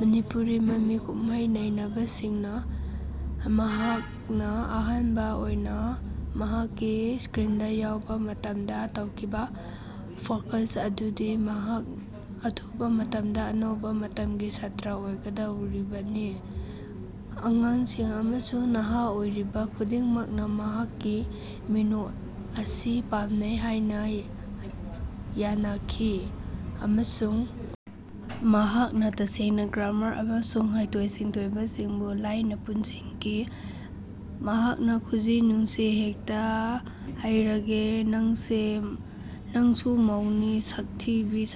ꯃꯅꯤꯄꯨꯔꯤ ꯃꯃꯤ ꯀꯨꯝꯍꯩ ꯅꯩꯅꯕꯁꯤꯡꯅ ꯃꯍꯥꯛꯅ ꯑꯍꯥꯟꯕ ꯑꯣꯏꯅ ꯃꯍꯥꯛꯀꯤ ꯏꯁꯀ꯭ꯔꯤꯟꯗ ꯌꯥꯎꯕ ꯃꯇꯝꯗ ꯇꯧꯈꯤꯕ ꯐꯣꯔꯀꯥꯁꯠ ꯑꯗꯨꯗꯤ ꯃꯍꯥꯛ ꯑꯊꯨꯕ ꯃꯇꯝꯗ ꯑꯅꯧꯕ ꯃꯇꯝꯒꯤ ꯁ꯭ꯇꯥꯔ ꯑꯣꯏꯒꯗꯧꯔꯤꯕꯅꯤ꯫ ꯑꯉꯥꯡꯁꯤꯡ ꯑꯃꯁꯨꯡ ꯅꯍꯥ ꯑꯣꯏꯔꯤꯕ ꯈꯨꯗꯤꯡꯃꯛꯅ ꯃꯍꯥꯛꯀꯤ ꯃꯤꯅꯣꯛ ꯑꯁꯤ ꯄꯥꯝꯅꯩ ꯍꯥꯏꯅ ꯌꯥꯅꯈꯤ ꯑꯃꯁꯨꯡ ꯃꯍꯥꯛꯅ ꯇꯁꯦꯡꯅ ꯒ꯭ꯂꯦꯃꯔ ꯑꯃꯁꯨꯡ ꯍꯩꯊꯣꯏ-ꯁꯤꯡꯊꯣꯏꯕꯁꯤꯡꯕꯨ ꯂꯥꯏꯅ ꯄꯨꯟꯁꯤꯟꯈꯤ꯫ ꯃꯍꯥꯛꯅ ꯈꯨꯖꯤ, ꯅꯨꯡꯁꯤ ꯍꯦꯛꯇꯥ ꯍꯩꯔꯥꯒꯦ, ꯅꯁꯦ ꯅꯪꯁꯨ ꯃꯧꯅꯤ, ꯁꯛꯊꯤꯕꯤ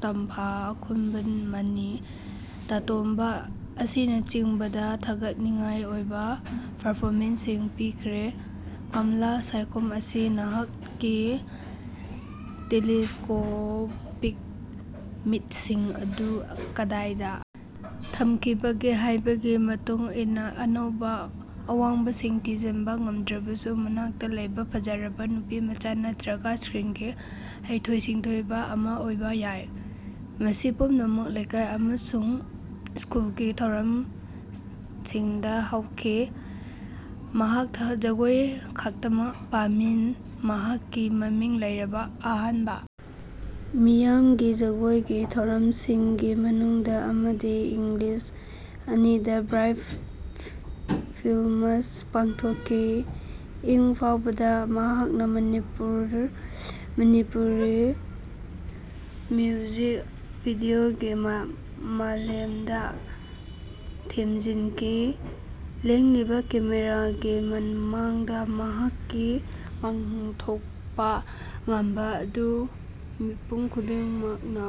ꯇꯝꯐꯥ, ꯑꯈꯨꯟꯕꯥ ꯃꯅꯤ, ꯇꯥ ꯇꯣꯝꯕꯥ ꯑꯁꯤꯅꯆꯤꯡꯕꯗ ꯊꯥꯒꯠꯅꯤꯡꯉꯥꯏ ꯑꯣꯏꯕ ꯄꯔꯐꯣꯃꯦꯟꯁꯁꯤꯡ ꯄꯤꯈ꯭ꯔꯦ꯫ ꯀꯃꯂꯥ ꯁꯥꯏꯈꯣꯝ ꯑꯁꯤ ꯅꯍꯥꯛꯀꯤ ꯇꯦꯂꯤꯁ꯭ꯀꯣꯄꯤꯛ ꯃꯤꯠ(ꯁꯤꯡ) ꯑꯗꯨ ꯀꯗꯥꯏꯗ ꯊꯝꯈꯤꯕꯒꯦ ꯍꯥꯏꯕꯒꯤ ꯃꯇꯨꯡ ꯏꯟꯅ ꯑꯅꯧꯕ ꯑꯋꯥꯡꯕꯁꯤꯡ ꯊꯤꯖꯤꯟꯕ ꯉꯝꯗ꯭ꯔꯕꯁꯨ ꯃꯅꯥꯛꯇ ꯂꯩꯕ ꯐꯖꯔꯕ ꯅꯨꯄꯤꯃꯆꯥ ꯅꯠꯇ꯭ꯔꯒ ꯁ꯭ꯀ꯭ꯔꯤꯟꯒꯤ ꯍꯩꯊꯣꯏ-ꯁꯤꯡꯊꯣꯏꯕ ꯑꯃ ꯑꯣꯏꯕ ꯌꯥꯏ꯫ ꯃꯁꯤ ꯄꯨꯝꯅꯃꯛ ꯂꯩꯀꯥꯏ ꯑꯃꯁꯨꯡ ꯁ꯭ꯀꯨꯜꯒꯤ ꯊꯧꯔꯝꯁꯤꯡꯗ ꯍꯧꯈꯤ꯫ ꯃꯍꯥꯛ ꯖꯒꯣꯏ ꯈꯛꯇꯃꯛ ꯄꯥꯝꯃꯤ꯫ ꯃꯍꯥꯛꯀꯤ ꯃꯃꯤꯡ ꯂꯩꯔꯕ ꯑꯍꯥꯟꯕ ꯃꯤꯌꯥꯝꯒꯤ ꯖꯒꯣꯏꯒꯤ ꯊꯧꯔꯝꯁꯤꯡꯒꯤ ꯃꯅꯨꯡꯗ ꯑꯃꯗꯤ ꯏꯪ ꯂꯤꯁꯤꯡ ꯑꯅꯤꯗ ꯕ꯭ꯔꯥꯏꯠ ꯐꯤꯜꯃ꯭ꯁꯅ ꯄꯥꯡꯊꯣꯛꯈꯤ꯫ ꯏꯪ ꯐꯥꯎꯕꯗ ꯃꯍꯥꯛꯅ ꯃꯅꯤꯄꯨꯔ ꯃꯅꯤꯄꯨꯔꯤ ꯃ꯭ꯌꯨꯖꯤꯛ ꯚꯤꯗꯤꯑꯣꯒꯤ ꯃꯥꯂꯦꯝꯗ ꯊꯦꯝꯖꯤꯟꯈꯤ꯫ ꯂꯦꯡꯂꯤꯕ ꯀꯦꯃꯦꯔꯥꯁꯤꯡꯒꯤ ꯃꯃꯥꯡꯗ ꯃꯍꯥꯛꯀꯤ ꯄꯥꯡꯊꯣꯛꯄ ꯉꯝꯕ ꯑꯗꯨ ꯃꯤꯄꯨꯝ ꯈꯨꯗꯤꯡꯃꯛꯅ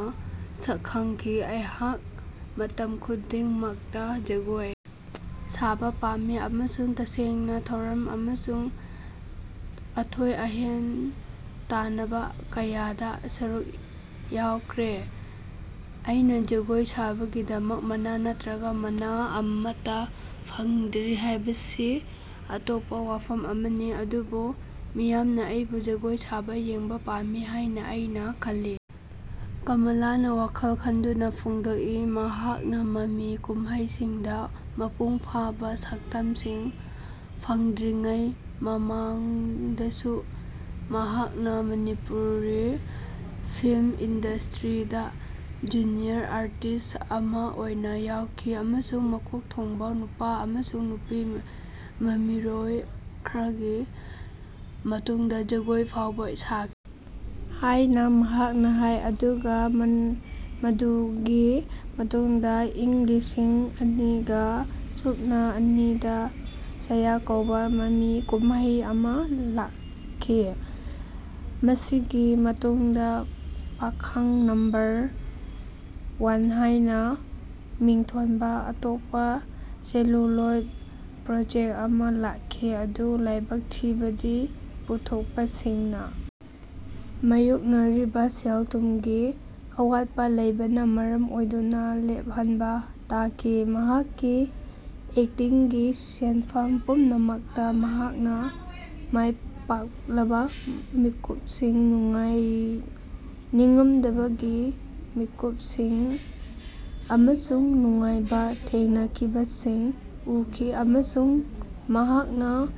ꯁꯛꯈꯪꯈꯤ꯫ ꯑꯩꯍꯥꯛ ꯃꯇꯝ ꯈꯨꯗꯤꯡꯃꯛꯇ ꯖꯒꯣꯏ ꯁꯥꯕ ꯄꯥꯝꯃꯤ ꯑꯃꯁꯨꯡ ꯇꯁꯦꯡꯅ ꯊꯧꯔꯝ ꯑꯃꯁꯨꯡ ꯑꯊꯣꯏ-ꯑꯍꯦꯟ ꯇꯥꯟꯅꯕ ꯀꯌꯥꯗ ꯁꯔꯨꯛ ꯌꯥꯈ꯭ꯔꯦ꯫ ꯑꯩꯅ ꯖꯒꯣꯏ ꯁꯥꯕꯒꯤꯗꯃꯛ ꯃꯅꯥ ꯅꯠꯇ꯭ꯔꯒ ꯃꯅꯥ ꯑꯃꯠꯇ ꯐꯪꯗ꯭ꯔꯤ ꯍꯥꯏꯕꯁꯤ ꯑꯇꯣꯞꯄ ꯋꯥꯐꯝ ꯑꯃꯅꯤ꯫ ꯑꯗꯨꯕꯨ ꯃꯤꯌꯥꯝꯅ ꯑꯩꯕꯨ ꯖꯒꯣꯏ ꯁꯥꯕ ꯌꯦꯡꯕ ꯄꯥꯝꯃꯤ ꯍꯥꯏꯅ ꯑꯩꯅ ꯈꯜꯂꯤ"꯫ ꯀꯃꯂꯥꯅ ꯋꯥꯈꯜ ꯈꯟꯗꯨꯅ ꯐꯣꯡꯗꯣꯛꯏ꯫ ꯃꯍꯥꯛꯅ ꯃꯃꯤ ꯀꯨꯝꯍꯩꯁꯤꯡꯗ ꯃꯄꯨꯡ ꯐꯥꯕ ꯁꯛꯇꯝꯁꯤꯡ ꯐꯪꯗ꯭ꯔꯤꯉꯩ ꯃꯃꯥꯡꯗꯁꯨ ꯃꯍꯥꯛꯅ ꯃꯅꯤꯄꯨꯔꯤ ꯐꯤꯜ꯭ꯃ ꯏꯟꯗꯁꯇ꯭ꯔꯤꯗ ꯖꯨꯅꯤꯌꯔ ꯑꯥꯔꯇꯤꯁꯠ ꯑꯃꯥ ꯑꯣꯏꯅ ꯌꯥꯎꯈꯤ ꯑꯃꯁꯨꯡ ꯃꯀꯣꯛ ꯊꯣꯡꯕ ꯅꯨꯄꯥ ꯑꯃꯁꯨꯡ ꯅꯨꯄꯤ ꯃꯃꯤꯔꯣꯏ ꯈꯔꯒꯤ ꯃꯇꯨꯡꯗ ꯖꯒꯣꯏ ꯐꯥꯎꯕ ꯁꯥꯈꯤ ꯍꯥꯏꯅ ꯃꯍꯥꯛꯅ ꯍꯥꯏ꯫ ꯑꯗꯨꯒ ꯃꯥꯟ ꯃꯗꯨꯒꯤ ꯃꯇꯨꯡꯗ ꯏꯪ ꯂꯤꯁꯤꯡ ꯑꯅꯤꯒ ꯁꯨꯞꯅ ꯑꯅꯤꯗ ꯁꯥꯌꯥ ꯀꯧꯕ ꯃꯃꯤ ꯀꯨꯝꯍꯩ ꯑꯃ ꯂꯥꯛꯈꯤ꯫ ꯃꯁꯤꯒꯤ ꯃꯇꯨꯡꯗ ꯄꯥꯈꯡ ꯅꯝꯕꯔ ꯋꯥꯟ ꯍꯥꯏꯅ ꯃꯤꯡꯊꯣꯟꯕ ꯑꯇꯣꯞꯄ ꯁꯦꯂꯨꯂꯣꯏꯗ ꯄ꯭ꯔꯣꯖꯦꯛ ꯑꯃ ꯂꯥꯛꯈꯤ, ꯑꯥꯗꯨ ꯂꯥꯏꯕꯛ ꯊꯤꯕꯗꯤ ꯄꯨꯊꯣꯛꯄꯁꯤꯡꯅ ꯃꯥꯌꯣꯛꯅꯔꯤꯕ ꯁꯦꯜ-ꯊꯨꯝꯒꯤ ꯑꯋꯥꯠꯄ ꯂꯩꯕꯅ ꯃꯔꯝ ꯑꯣꯏꯗꯨꯅ ꯂꯦꯞꯍꯟꯕ ꯇꯥꯈꯤ꯫ ꯃꯍꯥꯛꯀꯤ ꯑꯦꯛꯇꯤꯡꯒꯤ ꯁꯤꯟꯐꯝ ꯄꯨꯝꯅꯃꯛꯇ, ꯃꯍꯥꯛꯅ ꯃꯥꯏꯄꯥꯛꯂꯕ ꯃꯤꯀꯨꯞꯁꯤꯡ, ꯅꯤꯡꯉꯝꯗꯕꯒꯤ ꯃꯤꯀꯨꯞꯁꯤꯡ ꯑꯃꯁꯨꯡ ꯅꯨꯡꯉꯥꯏꯕ ꯊꯦꯡꯅꯈꯤꯕꯁꯤꯡ ꯎꯈꯤ ꯑꯃꯁꯨꯡ ꯃꯍꯥꯛꯅ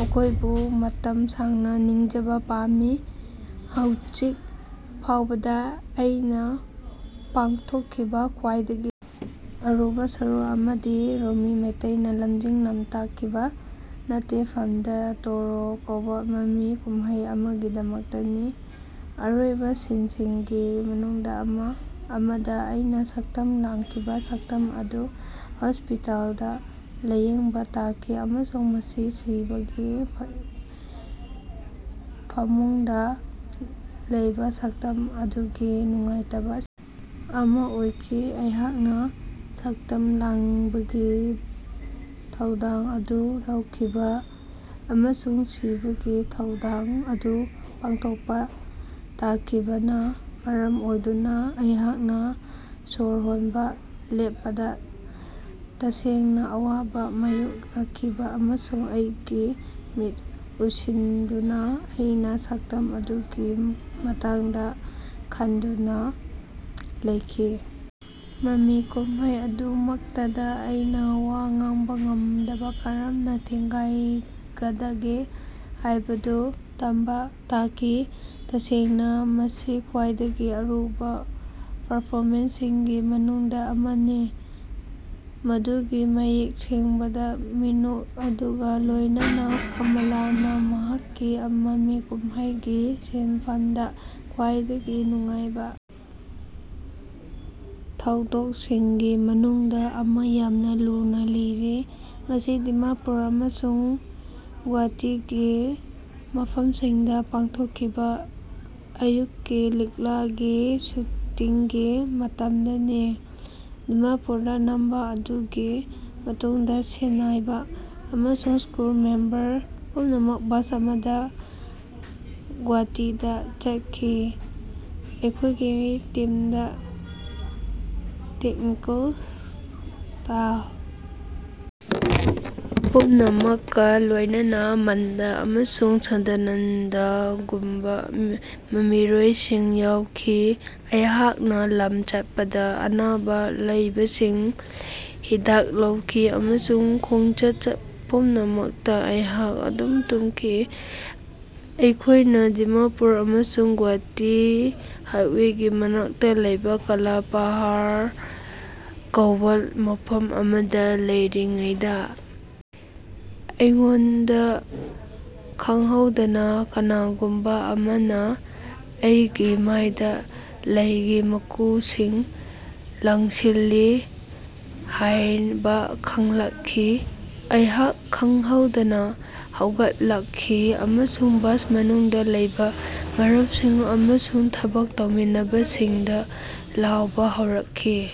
ꯃꯈꯣꯏꯕꯨ ꯃꯇꯝ ꯁꯥꯡꯅ ꯅꯤꯡꯖꯕ ꯄꯥꯝꯃꯤ꯫ ꯍꯧꯖꯤꯛ ꯐꯥꯎꯕꯗ ꯑꯩꯅ ꯄꯥꯡꯊꯣꯛꯈꯤꯕ ꯈ꯭ꯋꯥꯏꯗꯒꯤ ꯑꯔꯨꯕ ꯁꯔꯨꯛ ꯑꯗꯨꯗꯤ ꯔꯣꯃꯤ ꯃꯩꯇꯩꯅ ꯂꯝꯖꯤꯡ-ꯂꯝꯇꯥꯛꯈꯤꯕ "ꯅꯥꯇꯦꯐꯝꯗꯥ ꯇꯦꯔꯣ" ꯀꯧꯕ ꯃꯃꯤ ꯀꯨꯝꯍꯩ ꯑꯃꯒꯤꯗꯃꯛꯇꯅꯤ꯫ ꯑꯔꯣꯏꯕ ꯁꯤꯟꯁꯤꯡꯒꯤ ꯃꯅꯨꯡꯗ ꯑꯃꯗ, ꯑꯩꯅ ꯁꯛꯇꯝ ꯂꯥꯡꯈꯤꯕ ꯁꯛꯇꯝ ꯑꯗꯨ ꯍꯣꯁꯄꯤꯇꯥꯜꯗ ꯂꯥꯌꯦꯡꯕ ꯇꯥꯈꯤ ꯑꯃꯁꯨꯡ ꯃꯁꯤ ꯁꯤꯕꯒꯤ ꯐꯃꯨꯡꯗ ꯂꯩꯕ ꯁꯛꯇꯝ ꯑꯗꯨꯒꯤ ꯅꯨꯡꯉꯥꯏꯇꯕ ꯁꯤꯟ ꯑꯃ ꯑꯣꯏꯈꯤ꯫ ꯑꯩꯍꯥꯛꯅ ꯁꯛꯇꯝ ꯂꯥꯡꯕꯒꯤ ꯊꯧꯗꯥꯡ ꯑꯗꯨ ꯂꯧꯈꯤꯕ ꯑꯃꯁꯨꯡ ꯁꯤꯕꯒꯤ ꯊꯧꯗꯥꯡ ꯑꯗꯨ ꯄꯥꯡꯊꯣꯛꯄ ꯇꯥꯈꯤꯕꯅ ꯃꯔꯝ ꯑꯣꯏꯗꯨꯅ, ꯑꯩꯍꯥꯛꯅ ꯁꯣꯔ ꯍꯣꯟꯕ ꯂꯦꯞꯄꯗ ꯇꯁꯦꯡꯅ ꯑꯋꯥꯕ ꯃꯥꯌꯣꯛꯅꯈꯤ ꯑꯃꯁꯨꯡ ꯑꯩꯒꯤ ꯃꯤꯠ ꯎꯏꯁꯤꯟꯗꯨꯅ ꯑꯩꯅ ꯁꯛꯇꯝ ꯑꯗꯨꯒꯤ ꯃꯇꯥꯡꯗ ꯈꯟꯗꯨꯅ ꯂꯩꯈꯤ꯫ ꯃꯃꯤ ꯀꯨꯝꯍꯩ ꯑꯗꯨꯃꯛꯇꯗ ꯑꯩꯅ ꯋꯥ ꯉꯥꯡꯕ ꯃꯇꯝꯗ ꯀꯔꯝꯅ ꯊꯦꯡꯒꯥꯏꯒꯗꯒꯦ ꯍꯥꯏꯕꯗꯨ ꯇꯝꯕ ꯇꯥꯈꯤ꯫ ꯇꯁꯦꯡꯅ ꯃꯁꯤ ꯈ꯭ꯋꯥꯏꯗꯒꯤ ꯑꯔꯨꯕ ꯄꯔꯐꯣꯃꯦꯟꯁꯁꯤꯡꯒꯤ ꯃꯅꯨꯡꯗ ꯑꯃꯅꯤ ꯫ ꯃꯗꯨꯒꯤ ꯃꯌꯦꯛ ꯁꯦꯡꯗꯕ ꯃꯤꯅꯣꯛ ꯑꯗꯨꯒ ꯂꯣꯏꯅꯅ, ꯀꯃꯂꯥꯅ ꯃꯍꯥꯛꯀꯤ ꯃꯃꯤ ꯀꯨꯝꯍꯩꯒꯤ ꯁꯤꯟꯐꯝꯗ ꯈ꯭ꯋꯥꯏꯗꯒꯤ ꯅꯨꯡꯉꯥꯏꯕ ꯊꯧꯗꯣꯛꯁꯤꯡꯒꯤ ꯃꯅꯨꯡꯗ ꯑꯃ ꯌꯥꯝꯅ ꯂꯨꯅ ꯂꯤꯔꯤ꯫ "ꯃꯁꯤ ꯗꯤꯃꯥꯄꯨꯔ ꯑꯃꯁꯨꯡ ꯒꯨꯋꯥꯍꯥꯇꯤꯒꯤ ꯃꯐꯝꯁꯤꯡꯗ ꯄꯥꯡꯊꯣꯛꯈꯤꯕ ꯑꯥꯌꯨꯛꯀꯤ ꯂꯤꯛꯂꯥꯒꯤ ꯁꯨꯇꯤꯡꯒꯤ ꯃꯇꯝꯗꯅꯤ꯫ ꯗꯤꯃꯥꯄꯨꯔꯗ ꯅꯝꯕ ꯑꯗꯨꯒꯤ ꯃꯇꯨꯡꯗ ꯁꯤꯟꯅꯥꯏꯕ ꯑꯃꯁꯨꯡ ꯀ꯭ꯔꯨ ꯃꯦꯝꯕꯔ ꯄꯨꯝꯅꯃꯛ ꯕꯁ ꯑꯃꯗ ꯒꯨꯋꯥꯍꯥꯇꯤꯗ ꯆꯠꯈꯤ꯫ ꯑꯩꯈꯣꯏꯒꯤ ꯇꯤꯝꯗ ꯇꯦꯛꯅꯤꯀꯦꯜ ꯄꯨꯝꯅꯃꯛꯀ ꯂꯣꯏꯅꯅ ꯃꯟꯗꯥ ꯑꯃꯁꯨꯡ ꯁꯗꯥꯅꯟꯗꯒꯨꯝꯕ ꯃꯃꯤꯔꯣꯏꯁꯤꯡ ꯌꯥꯎꯈꯤ꯫ ꯑꯩꯍꯥꯛꯅ ꯂꯝ ꯆꯠꯄꯗ ꯑꯅꯥꯕ ꯂꯩꯕꯁꯤꯡ ꯍꯤꯗꯥꯛ ꯂꯧꯈꯤ ꯑꯃꯁꯨꯡ ꯈꯣꯡꯆꯠ ꯄꯨꯝꯅꯃꯛꯇ ꯑꯩꯍꯥꯛ ꯑꯗꯨꯝ ꯇꯨꯝꯈꯤ꯫ ꯑꯩꯈꯣꯏꯅ ꯗꯤꯃꯥꯄꯨꯔ ꯑꯃꯁꯨꯡ ꯒꯨꯋꯥꯍꯥꯇꯤ ꯍꯥꯏꯋꯦꯒꯤ ꯃꯅꯥꯛꯇ ꯂꯩꯕ ꯀꯥꯂꯥ ꯄꯍꯥꯔ ꯀꯧꯕ ꯃꯐꯝ ꯑꯃꯗ ꯂꯩꯔꯤꯉꯩꯗ ꯑꯩꯉꯣꯟꯗ ꯈꯡꯍꯧꯗꯅ ꯀꯅꯥꯒꯨꯝꯕ ꯑꯃꯅ ꯑꯩꯒꯤ ꯃꯥꯏꯗ ꯂꯩꯒꯤ ꯃꯀꯨꯁꯤꯡ ꯂꯪꯁꯤꯜꯂꯤ ꯍꯥꯏꯕ ꯈꯪꯂꯛꯈꯤ, ꯑꯩꯍꯥꯛ ꯈꯡꯍꯧꯗꯅ ꯍꯧꯒꯠꯂꯛꯈꯤ ꯑꯃꯁꯨꯡ ꯕꯁ ꯃꯅꯨꯡꯗ ꯂꯩꯕ ꯃꯔꯨꯞꯁꯤꯡ ꯑꯃꯁꯨꯡ ꯊꯕꯛ ꯇꯧꯃꯤꯟꯅꯕꯁꯤꯡꯗ ꯂꯥꯎꯕ ꯍꯧꯔꯛꯈꯤ꯫